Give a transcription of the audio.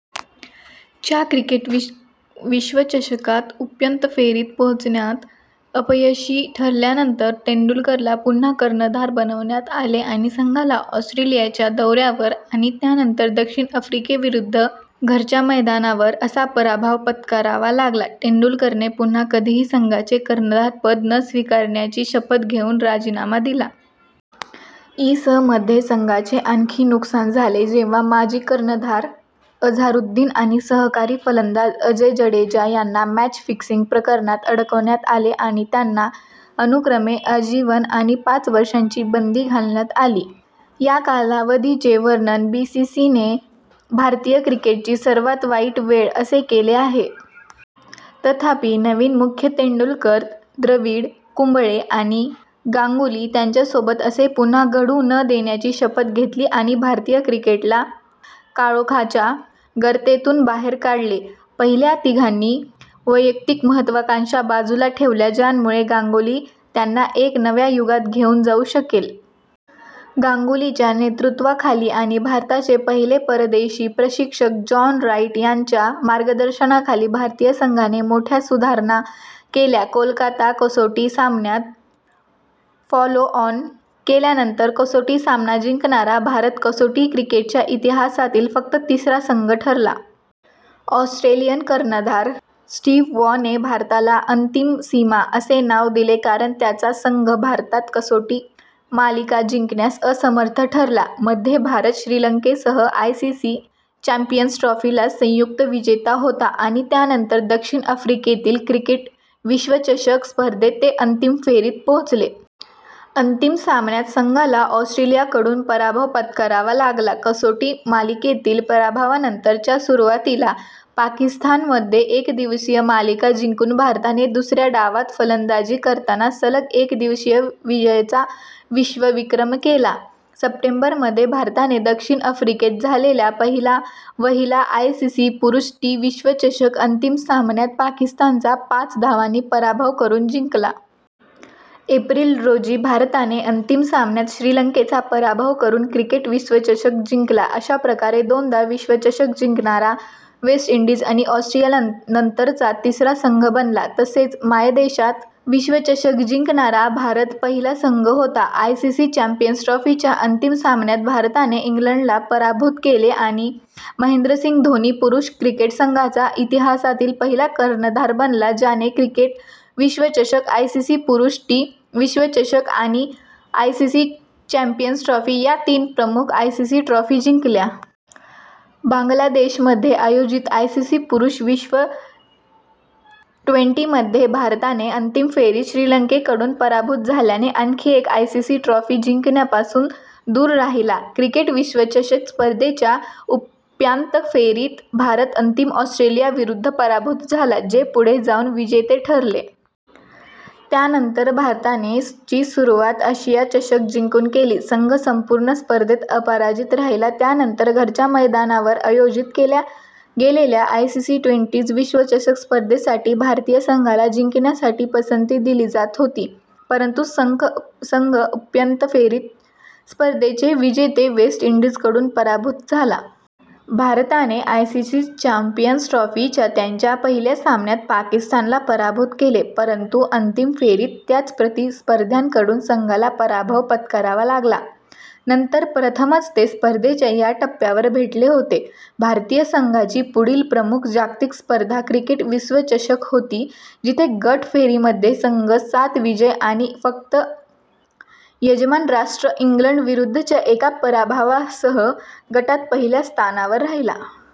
च्या क्रिकेट विश्वचषकात उपांत्य फेरीत पोहोचण्यात अपयशी ठरल्यानंतर, तेंडुलकरला पुन्हा कर्णधार बनवण्यात आले आणि संघाला ऑस्ट्रेलियाच्या दौऱ्यावर - आणि त्यानंतर दक्षिण आफ्रिकेविरुद्ध घरच्या मैदानावर - असा पराभव पत्करावा लागला. तेंडुलकरने पुन्हा कधीही संघाचे कर्णधारपद न स्वीकारण्याची शपथ घेऊन राजीनामा दिला. इ. स. मध्ये संघाचे आणखी नुकसान झाले जेव्हा माजी कर्णधार अझरुद्दीन आणि सहकारी फलंदाज अजय जडेजा यांना मॅच फिक्सिंग प्रकरणात अडकवण्यात आले आणि त्यांना अनुक्रमे आजीवन आणि पाच वर्षांची बंदी घालण्यात आली. या कालावधीचे वर्णन बीबीसीने "भारतीय क्रिकेटची सर्वात वाईट वेळ" असे केले आहे. तथापि, नवीन मुख्य तेंडुलकर, द्रविड, कुंबळे आणि गांगुली त्यांच्यासोबत असे पुन्हा घडू न देण्याची शपथ घेतली आणि भारतीय क्रिकेटला काळोखाच्या गर्तेतून बाहेर काढले. पहिल्या तिघांनी वैयक्तिक महत्त्वाकांक्षा बाजूला ठेवल्या ज्यामुळे गांगुली त्यांना एका नव्या युगात घेऊन जाऊ शकेल.। गांगुलीच्या नेतृत्वाखाली आणि भारताचे पहिले परदेशी प्रशिक्षक जॉन राईट यांच्या मार्गदर्शनाखाली भारतीय संघाने मोठ्या सुधारणा केल्या. कोलकाता कसोटी सामन्यात, फॉलोऑन केल्यानंतर कसोटी सामना जिंकणारा भारत कसोटी क्रिकेटच्या इतिहासातील फक्त तिसरा संघ ठरला. ऑस्ट्रेलियन कर्णधार स्टीव्ह वॉ ने भारताला "अंतिम सीमा" असे नाव दिले कारण त्याचा संघ भारतात कसोटी मालिका जिंकण्यास असमर्थ ठरला. मध्ये, भारत श्रीलंकेसह आयसीसी चॅम्पियन्स ट्रॉफी चा संयुक्त विजेता होता आणि त्यानंतर दक्षिण आफ्रिकेतील क्रिकेट विश्वचषक स्पर्धेत ते अंतिम फेरीत पोहोचले. अंतिम सामन्यात संघाला ऑस्ट्रेलियाकडून पराभव पत्करावा लागला. कसोटी मालिकेतील पराभवानंतर च्या सुरुवातीला पाकिस्तानमध्ये एकदिवसीय मालिका जिंकून भारताने दुसऱ्या डावात फलंदाजी करताना सलग एकदिवसीय विजयाचा विश्वविक्रम केला. सप्टेंबर मध्ये, भारताने दक्षिण आफ्रिकेत झालेल्या पहिला-वहिला आयसीसी पुरुष टी विश्वचषक अंतिम सामन्यात पाकिस्तानचा पाच धावांनी पराभव करून जिंकला. एप्रिल रोजी, भारताने अंतिम सामन्यात श्रीलंकेचा पराभव करून क्रिकेट विश्वचषक जिंकला, अशा प्रकारे दोनदा विश्वचषक जिंकणारा वेस्ट इंडीज आणि ऑस्ट्रेलियानंतरचा तिसरा संघ बनला. तसेच मायदेशात विश्वचषक जिंकणारा भारत पहिला संघ होता. आयसीसी चॅम्पियन्स ट्रॉफी च्या अंतिम सामन्यात भारताने इंग्लंडला पराभूत केले आणि महेंद्रसिंग धोनी पुरुष क्रिकेट संघाचा इतिहासातील पहिला कर्णधार बनला ज्याने क्रिकेट विश्वचषक, आयसीसी पुरुष टी विश्वचषक आणि आयसीसी चॅम्पियन्स ट्रॉफी या तीन प्रमुख आयसीसी ट्रॉफी जिंकल्या. बांगलादेशमध्ये आयोजित आयसीसी पुरुष विश्व ट्वेंटी मध्ये, भारताने अंतिम फेरीत श्रीलंकेकडून पराभूत झाल्याने आणखी एक आयसीसी ट्रॉफी जिंकण्यापासून दूर राहिला. क्रिकेट विश्वचषक स्पर्धेच्या उपांत्य फेरीत भारत अंतिम ऑस्ट्रेलियाविरुद्ध पराभूत झाला, जे पुढे जाऊन विजेते ठरले. त्यानंतर भारताने ची सुरुवात आशिया चषक जिंकून केली, संघ संपूर्ण स्पर्धेत अपराजित राहिला. त्यानंतर घरच्या मैदानावर आयोजित केल्या गेलेल्या आयसीसी ट्वेंटी विश्वचषक स्पर्धे साठी भारतीय संघाला जिंकण्यासाठी पसंती दिली जात होती, परंतु संघ उपांत्य फेरीत स्पर्धेचे विजेते वेस्ट इंडीजकडून पराभूत झाला. भारताने आयसीसी चॅम्पियन्स ट्रॉफी च्या त्यांच्या पहिल्या सामन्यात पाकिस्तानला पराभूत केले परंतु अंतिम फेरीत त्याच प्रतिस्पर्ध्यांकडून संघाला पराभव पत्करावा लागला, नंतर प्रथमच ते स्पर्धेच्या या टप्प्यावर भेटले होते. भारतीय संघाची पुढील प्रमुख जागतिक स्पर्धा क्रिकेट विश्वचषक होती जिथे गट फेरीमध्ये संघ सात विजय आणि फक्त यजमान राष्ट्र इंग्लंडविरुद्धच्या एका पराभवासह गटात पहिल्या स्थानावर राहिला.